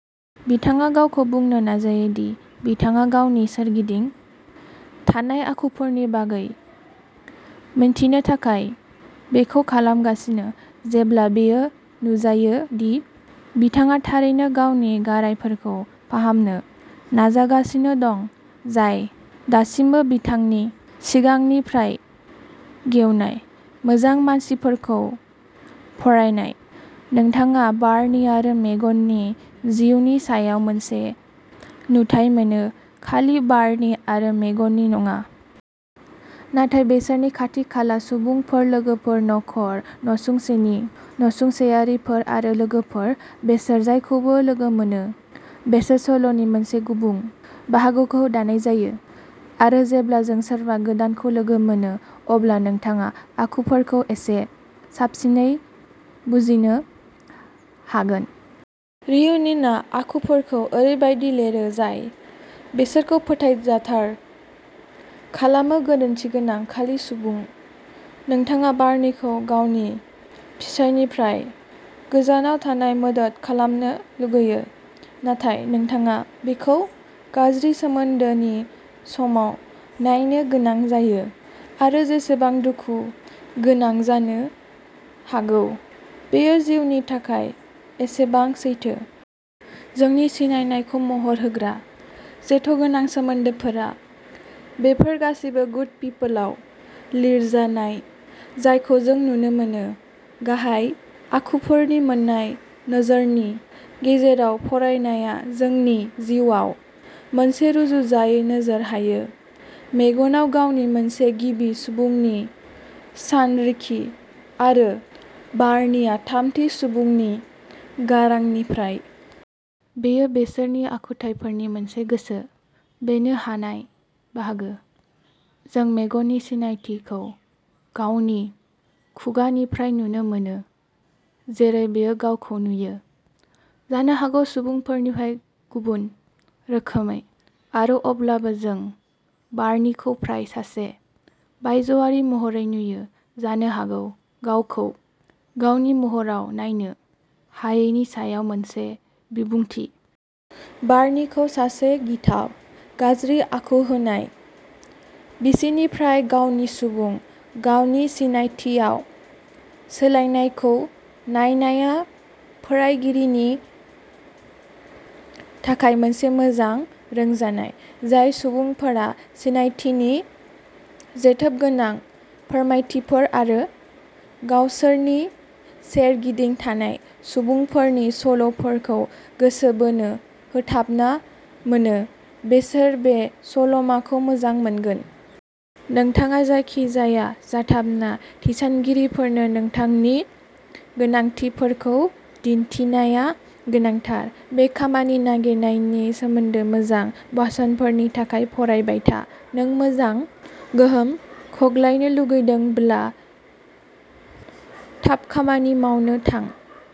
बिथाङा गावखौ बुंनो नाजायो दि बिथाङा गावनि सोरगिदिं थानाय आखुफोरनि बागै मोन्थिनो थाखाय बेखौ खालामगासिनो, जेब्ला बेयो नुजायो दि बिथाङा थारैनो गावनि गारायफोरखौ फाहामनो नाजागासिनो दं जाय दासिमबो बिथांनि सिगांनिफ्राइ गेवनाय। मोजां मानसिफोरखौ फरायनाय, नोंथाङा बार्नि आरो मेगनि जिउनि सायाव मोनसे नुथाइ मोनो, खालि बार्नि आरो मेगनि नङा। नाथाय बिसोरनि खाथि-खाला सुबुंफोर-लोगोफोर, नखर, नसुंसेनि नसुंसेयारिफोर आरो लोगोफोर। बिसोर जायखौबो लोगो मोनो, बिसोर सल'नि मोनसे गुबुं बाहागोखौ दानाय जायो, आरो जेब्ला जों सोरबा गोदानखौ लोगो मोनो, अब्ला नोंथाङा आखुफोरखौ एसे साबसिनै बुजिनो हागोन। रियुनिनआ आखुफोरखौ ओरैबायदि लिरो जाय बिसोरखौ फोथायजाथार खालामो-गोरोन्थिगोनां, खालि सुबुं। नोंथाङा बार्नीखौ गावनि फिसायनिफ्राय गोजानाव थानाय मदद खालामनो लुबैयो, नाथाय नोंथाङा बिखौ गाज्रि सोमोन्दोनि समाव नायनो गोनां जायो। आरो जेसेबां दुखु गोनां जानो हागौ, बेयो जिउनि थाखाय एसेबां सैथो। जोंनि सिनायनायखौ महर होग्रा जेथोगोनां सोमोन्दोफोरा, बेफोर गासैबो गुड पिपलआव लिरजानाय, जायखौ जों नुनो मोनो। गाहाय आखुफोरनि मोन्नै नोजोरनि गेजेराव फरायनाया जोंनि जिउआव मोनसे रुजुजायै नोजोर हायोः मेगआव गावनि, मोनसे गिबि सुबुंनि सानरिखि, आरो बार्नीया थामथि सुबुंनि गारांनिफ्राय। बेयो बिसोरनि आखुथायफोरनि मोनसे गोसो बेनो हानाय बाहागो। जों मेगनि सिनायथिखौ गावनि खुगानिफ्राय नुनो मोनो, जेरै बियो गावखौ नुयो, जानो हागौ सुबुंनफोरनिफाइ गुबुन रोखोमै। आरो अब्लाबो जों बार्नीखौ फ्राय सासे बायजोआरि महरै नुयो, जानो हागौ गावखौ गावनि महराव नायनो हायैनि सायाव मोनसे बिबुंथि। बार्नीखौ सासे गिथाब, गाज्रि आखु होनाय बिसिनिफ्राय गावनि सुबुं, गावनि सिनायथिआव सोलायनायखौ नायनाया फरायगिरिनि थाखाय मोनसे मोजां रंजानाय। जाय सुबुंफोरा सिनायथिनि जेथोबगोनां फोरमायथिफोर आरो गावसोरनि सेरगिदिं थानाय सुबुंफोरनि सल'फोरखौ गोसो बोनो होथाबना मोनो, बिसोर बे सल'माखौ मोजां मोनगोन। नोंथाङा जायखिजाया जाथाबना थिसानगिरिफोरनो नोंथांनि गोनांथिफोरखौ दिन्थिनाया गोनांथार। बे खामानि नागिरनायनि सोमोन्दो मोजां बासोनफोरनि थाखाय फरायबाय था। नों मोजां गोहोम खग्लायनो लुबैदोंब्ला थाब खामानि मावनो थां।